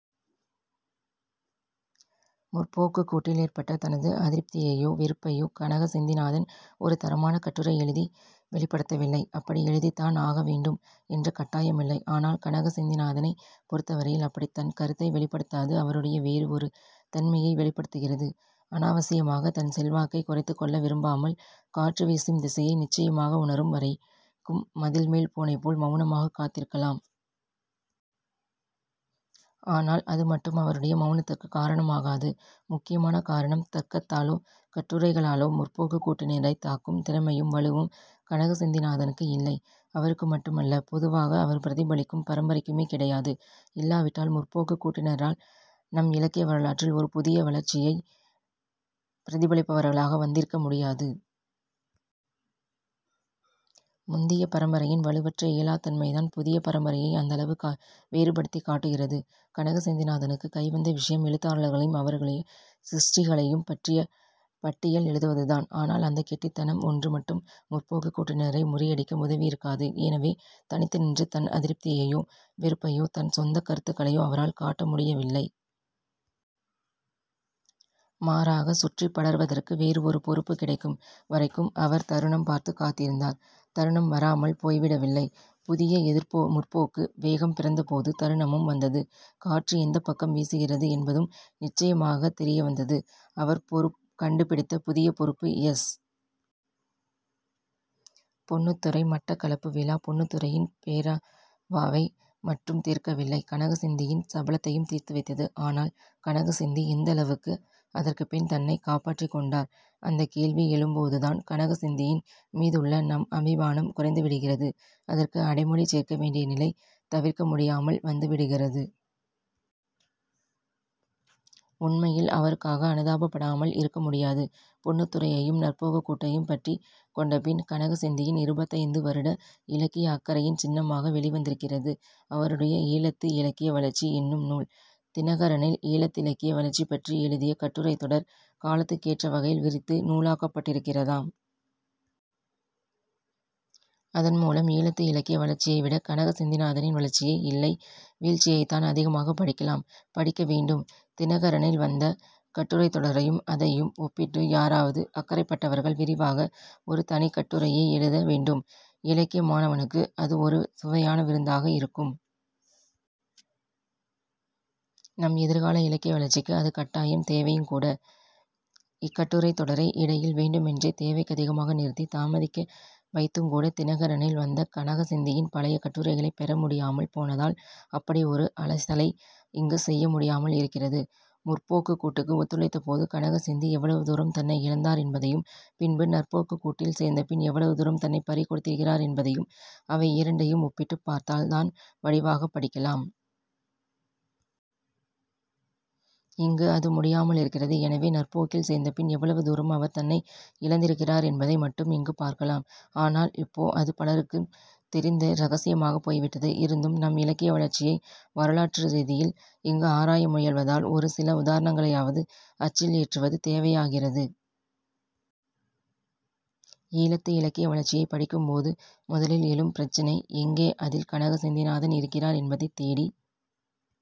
முற்போக்கு'க் கூட்டில் ஏற்பட்ட தனது அதிருப்தியையோ வெறுப்பையோ கனக செந்திநாதன் ஒரு தரமான கட்டுரை எழுதி வெளிப்படுத்தவில்லை. அப்படி எழுதித்தான் ஆகவேண்டும் என்ற கட்டாயம் இல்லை. ஆனால் கனக செந்திநாதனைப் பொருத்தவரையில் அப்படித் தன் கருத்தை வெளிப்படுத்தாது அவருடைய வேறு ஒரு தன்மையை வெளிப்படுத்துகிறது. அனாவசியமாகத் தன் செல்வாக்கைக் குறைத்துக்கொள்ள விரும்பாமல் காற்று வீசும் திசையை நிச்சயமாக உணரும் வரைக்கும் மதில்மேல் பூனைபோல் மௌனமாகக் காத்திருக்கலாம். ஆனால் அதுமட்டும் அவருடைய மௌனத்துக்குக் காரணமாகாது. முக்கியமான காரணம் தர்க்கத்தாலோ கட்டுரைகளாலோ 'முற்போக்கு'க் கூட்டினரைத் தாக்கும் திறமையும் வலுவும் கனக செந்திநாதனுக்கு இல்லை. அவருக்கு மட்டுமல்ல, பொதுவாக அவர் பிரதிபலிக்கும் பரம்பரைக்குமே கிடையாது. இல்லாவிட்டால், 'முற்போக்கு'க் கூட்டினரால் நம் இலக்கிய வரலாற்றில் ஒரு புது வளர்ச்சியைப் பிரதிபலிப்பவர்களாக வந்திருக்க முடியாது. முந்திய பரம்பரையின் வலுவற்ற இயலாத் தன்மைதான் புதிய பரம்பரையை அந்தளவு வேறுபடுத்திக் காட்டுகிறது. கனக செந்திக்கு கைவந்த விசயம், எழுத்தாளர்களையும் அவர்களின் சிருஷ்டிகளையும் பற்றிப் பட்டியல் எழுதுவதுதான். ஆனால்அந்தக் கெட்டித்தனம் ஒன்று மட்டும் 'முற்போக்கு'க் கூட்டினரை முறியடிக்க உதவியிருக்காது. எனவே, தனித்து நின்று தன் அதிருப்தியையோ, வெறுப்பையோ, தன் சொந்தக் கருத்துகளையோ அவரால் காட்ட முடியவில்லை. மாறாக, சுற்றிப் படர்வதற்கு வேறு ஒரு பொறுப்பு கிடைக்கும் வரைக்கும் அவர் தருணம் பார்த்துக் காத்திருந்தார். தருணம் வராமல் போய்விடவில்லை. புதிய எதிர் 'முற்போக்கு' வேகம் பிறந்தபோது தருணமும் வந்தது. காற்று எந்தப் பக்கம் வீசுகிறது என்பதும் நிச்சயமாகத் தெரியவந்தது. அவர் கண்டுபிடித்த புதிய பொறுப்பு எஸ். பொன்னுத்துரை. மட்டக்களப்பு விழா, பொன்னுத்துரையின் பேரவாவை மட்டும் தீர்க்கவில்லை. கனக செந்தியின் சபலத்தையும் தீர்த்துவைத்தது. ஆனால் கனகசெந்தி எந்தளவுக்கு அதற்குப் பின் தன்னை காப்பாற்றிக் கொண்டார்? அந்தக் கேள்வி எழும்போதுதான் கனக செந்தியின் மீதுள்ள நம் அபிமானம் குறைந்துவிடுகிறது. அதற்கு அடைமொழி சேர்க்க வேண்டிய நிலை தவிர்க்க முடியாமல் வந்துவிடுகிறது. உண்மையில் அவருக்காக அனுதாபப் படாமல் இருக்க முடியாது. பொன்னுத்துரையையும் 'நற்போக்கு'க் கூட்டையும் பற்றிக் கொண்ட பின் கனக செந்தியின் இருபத்தைந்து வருட இலக்கிய அக்கறையின் சின்னமாக வெளிவந்திருக்கிறது அவருடைய 'ஈழத்து இலக்கிய வளர்ச்சி' என்னும் நூல். 'தினகரனி'ல் ஈழத்திலக்கிய வளர்ச்சிபற்றி எழுதிய கட்டுரைத் தொடர் காலத்துக்கேற்றவகையில் விரித்து நூலாக்கப்பட்டிருக்கிறதாம். அதன் மூலம் ஈழத்து இலக்கிய வளர்ச்சியை விட கனக செந்திநாதனின் வளர்ச்சியை, இல்லை வீழ்ச்சியைத்தான், அதிகமாகப் படிக்கலாம். படிக்க வேண்டும். 'தினகரனி'ல் வந்த கட்டுரைத் தொடரையும் அதையும் ஒப்பிட்டு யாராவது அக்கறைப்பட்டவர்கள் விரிவாக ஒரு தனிக் கட்டுரையே எழுத வேண்டும். இலக்கிய மாணவனுக்கு அது ஒரு சுவையான விருந்தாக இருக்கும். நம் எதிர்கால இலக்கிய வளர்ச்சிக்கு அது கட்டாயம் தேவையுங்கூட. இக்கட்டுரைத் தொடரை இடையில் வேண்டுமென்றே தேவைக்கதிகமாக நிறுத்தித் தாமதிக்க வைத்துங்கூட 'தினகரனி'ல் வந்த கனக செந்தியின் பழைய கட்டுரைகளைப் பெற முடியாமல் போனதால் அப்படி ஒரு அலசலை இங்கு செய்ய முடியாமல் இருக்கிறது. 'முற்போக்கு'க் கூட்டுக்கு ஒத்துழைத்தபோது கனக செந்தி எவ்வளவு தூரம் தன்னை இழந்தார் என்பதையும் பின்பு 'நற்போக்கு'க் கூட்டில் சேர்ந்த பின் எவ்வளவு தூரம் தன்னைப் பறிகொடுத்திருக்கிறார் என்பதையும் அவை இரண்டையும் ஒப்பிட்டுப் பார்த்தால் தான் வடிவாகப் படிக்கலாம். இங்கு அது முடியாமல் இருக்கிறது. எனவே, 'நற்போக்கி'ல் சேர்ந்த பின் எவ்வளவு தூரம் அவர் தன்னை இழந்திருக்கிறார் என்பதை மட்டும் இங்கு பார்க்கலாம். ஆனால் இப்போ அது பலருக்குத் தெரிந்த இரகசியமாகப் போய்விட்டது. இருந்தும் நம் இலக்கிய வளர்ச்சியை வரலாற்று ரீதியில் இங்கு ஆராய முயல்வதால் ஒரு சில உதாரணங்களையாவது அச்சில் ஏற்றுவது தேவையாகிறது. 'ஈழத்து இலக்கிய வளர்ச்சி'யைப் படிக்கும்போது முதலில் எழும் பிரச்சினை எங்கே அதில் கனக செந்திநாதன் இருக்கிறார் என்பதைத் தேடிப்